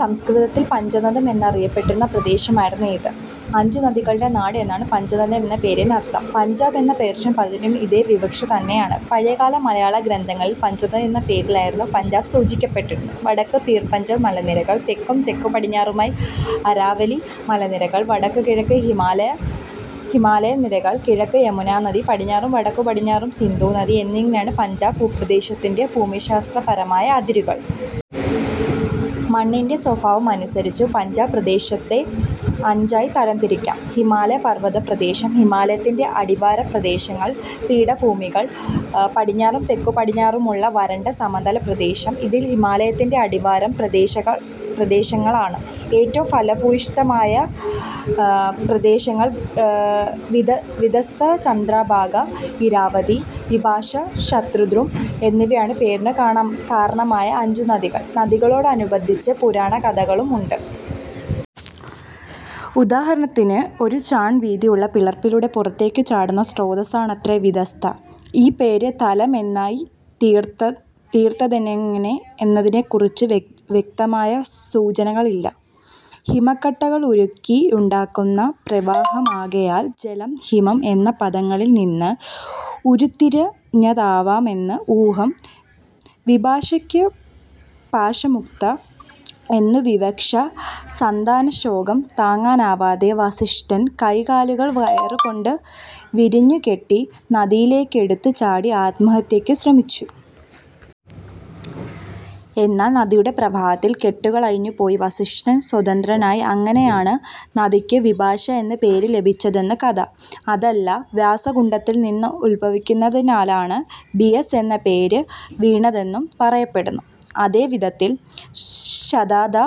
സംസ്കൃതത്തിൽ പഞ്ചനദഃ എന്നറിയപ്പെട്ടിരുന്ന പ്രദേശമായിരുന്നു ഇത്. അഞ്ചു നദികളുടെ നാട് എന്നാണ് പഞ്ചനദഃ എന്ന പേരിനർഥം. പഞ്ചാബ് എന്ന പേർഷ്യൻ പദത്തിനും ഇതേ വിവക്ഷ തന്നെ. പഴയകാല മലയാള ഗ്രന്ഥങ്ങളിൽ പഞ്ചനദം എന്നപേരിലായിരുന്നു പഞ്ചാബ് സൂചിപ്പിക്കപ്പെട്ടിരുന്നത്. വടക്ക് പീർ-പഞ്ചൽ മലനിരകൾ, തെക്കും തെക്കു പടിഞ്ഞാറുമായി അരാവലി മലനിരകൾ, വടക്കുകിഴക്ക് ഹിമാലയൻ നിരകൾ, കിഴക്ക് യുമനാനദി പടിഞ്ഞാറും വടക്കു പടിഞ്ഞാറും സിന്ധു നദി എന്നിങ്ങനെയാണ് പഞ്ചാബ് ഭൂപ്രദേശത്തിന്റെ ഭൂമിശാസ്ത്രപരമായ അതിരുകൾ.,. മണ്ണിന്റെ സ്വഭാവമനുസരിച്ചും പഞ്ചാബ് പ്രദേശത്തെ അഞ്ചായി തരംതിരിക്കാം. ഹിമാലയ പർവതപ്രദേശം, ഹിമാലയത്തിന്റെ അടിവാരപ്രദേശങ്ങൾ, പീഠഭൂമികൾ, പടിഞ്ഞാറും തെക്കു പടിഞ്ഞാറുമുള്ള വരണ്ട സമതല പ്രദേശം. ഇതിൽ ഹിമാലയത്തിന്റെ അടിവാരപ്രദേശങ്ങളാണ് ഏറ്റവും ഫലഭൂയിഷ്ഠമായ പ്രദേശങ്ങൾ. വിതസ്താ, ചന്ദ്രഭാഗാ, ഇരാവതീ, വിപാശാ, ശതദ്രുഃ എന്നിവയാണ് പേരിനു കാരണമായ അഞ്ചുനദികൾ. നദികളോടനുബന്ധിച്ച് പുരാണകഥകളുമുണ്ട്. ഉദാഹരണത്തിന് ഒരു ചാൺ വീതിയുള്ള പിളർപ്പിലൂടെ പുറത്തേക്കു ചാടുന്ന സ്രോതസ്സാണത്രെ വിതസ്ത. ഈ പേര് ഝലം എന്നായിത്തീർത്തനെങ്ങനെയെന്നതിനെക്കുറിച്ച് വ്യക്തമായ സൂചനകളില്ല. ഹിമക്കട്ടകളുരുകിയുണ്ടാകുന്ന പ്രവാഹമാകയാൽ ജലം, ഹിമം എന്ന പദങ്ങളിൽ നിന്ന് ഉരുത്തിരിഞ്ഞതാവാമെന്ന് ഊഹം. വിപാശക്ക് പാശമുക്ത എന്നു വിവക്ഷ. സന്താനശോകം താങ്ങാനാവാതെ വസിഷ്ഠൻ കൈകാലുകൾ കയറു കൊണ്ട് വരിഞ്ഞുകെട്ടി നദിയിലേക്കെടുത്തു ചാടി ആത്മഹത്യക്കു ശ്രമിച്ചു. എന്നാൽ നദിയുടെ പ്രവാഹത്തിൽ കെട്ടുകളഴിഞ്ഞു പോയി, വസിഷ്ഠൻ സ്വതന്ത്രനായി. അങ്ങനെയാണ് നദിക്കു വിപാശാ എന്ന പേര് ലഭിച്ചതെന്നു കഥ. അതല്ല വ്യാസകുണ്ഡത്തിൽ നിന്നുദ്ഭവിക്കുന്നതിനാലാണ് ബിയസ് എന്ന പേരു വീണതെന്നും പറയപ്പെടുന്നു. അതേവിധത്തിൽ ശതദാ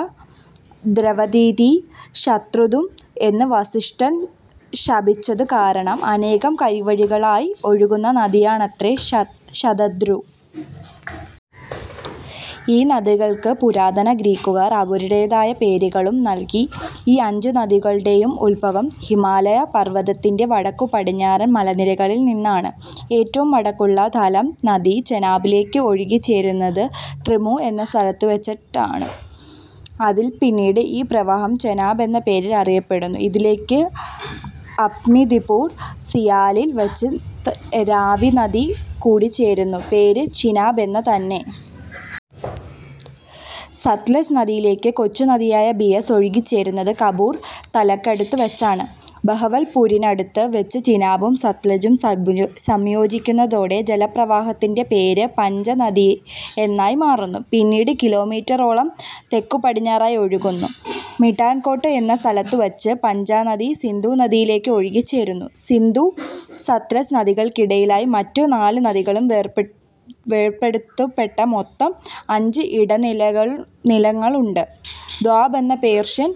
ദ്രവതീതി ശതദ്രുഃ എന്ന് വസ്ഷ്ഠൻ ശപിച്ചതു കാരണം അനേകം കൈവഴികളായി ഒഴുകിയ നദിയാണത്രെ ശതദ്രു. ഈ നദികൾക്ക് പുരാതന ഗ്രീക്കുകാർ അവരുടേതായ പേരുകളും നല്കി. ഈ അഞ്ചു നദികളുടേയും ഉദ്ഭവം ഹിമാലയ പർവതത്തിന്റെ വടക്കുപടിഞ്ഞാറൻ മലനിരകളിൽ നിന്നാണ്. ഏറ്റവും വടക്കുള്ള ഝലം നദി ചെനാബിലേക്ക് ഒഴുകുച്ചേരുന്നത് ട്രിമ്മു എന്ന സ്ഥലത്തുവെച്ചാണ്. അതില്പിന്നീട് ഈ പ്രവാഹം ചെനാബ് എന്ന പേരിൽ അറിയപ്പെടുന്നു. ഇതിലേക്ക് അഹ്മദിപൂർ സിയാലിൽ വെച്ച് രാവി നദി കൂടിച്ചേരുന്നു, പേര് ചിനാബ് എന്നു തന്നെ. സത്ലജ് നദിയിലേക്ക് കൊച്ചു നദിയായ ബിയസ് ഒഴുകിച്ചേരുന്നത് കപൂർതലക്കടുത്തു വെച്ചാണ്. ബഹവൽപൂരിനടുത്തു വെച്ച് ചിനാബും സത്ലജും സംയോജിക്കുന്നതോടെ ജലപ്രവാഹത്തിന്റെ പേര് പഞ്ചനദിഎന്നായി മാറുന്നു. പിന്നീട് കിലോമീറ്ററോളം തെക്കു പടിഞ്ഞാറായി ഒഴുകി മിഠാൻകോട്ട് എന്ന സ്ഥലത്തുവെച്ച് പഞ്ചനദി, സിന്ധുനദിയിലേക്ക് ഒഴുകിച്ചേരുന്നു. സിന്ധു-സത്ലജ് നദികൾക്കിടയിലായി മറ്റു നാലുനദികളാൽ വേർപെടുത്തപ്പെട്ട മൊത്തം അഞ്ച് ഇടനിലങ്ങളുണ്ട്. ദ്വാബ് എന്ന പേർഷ്യൻ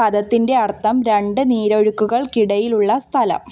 പദത്തിന്റെയർഥം രണ്ട് നീരൊഴുക്കുകൾക്കിടയിലുള്ള സ്ഥലം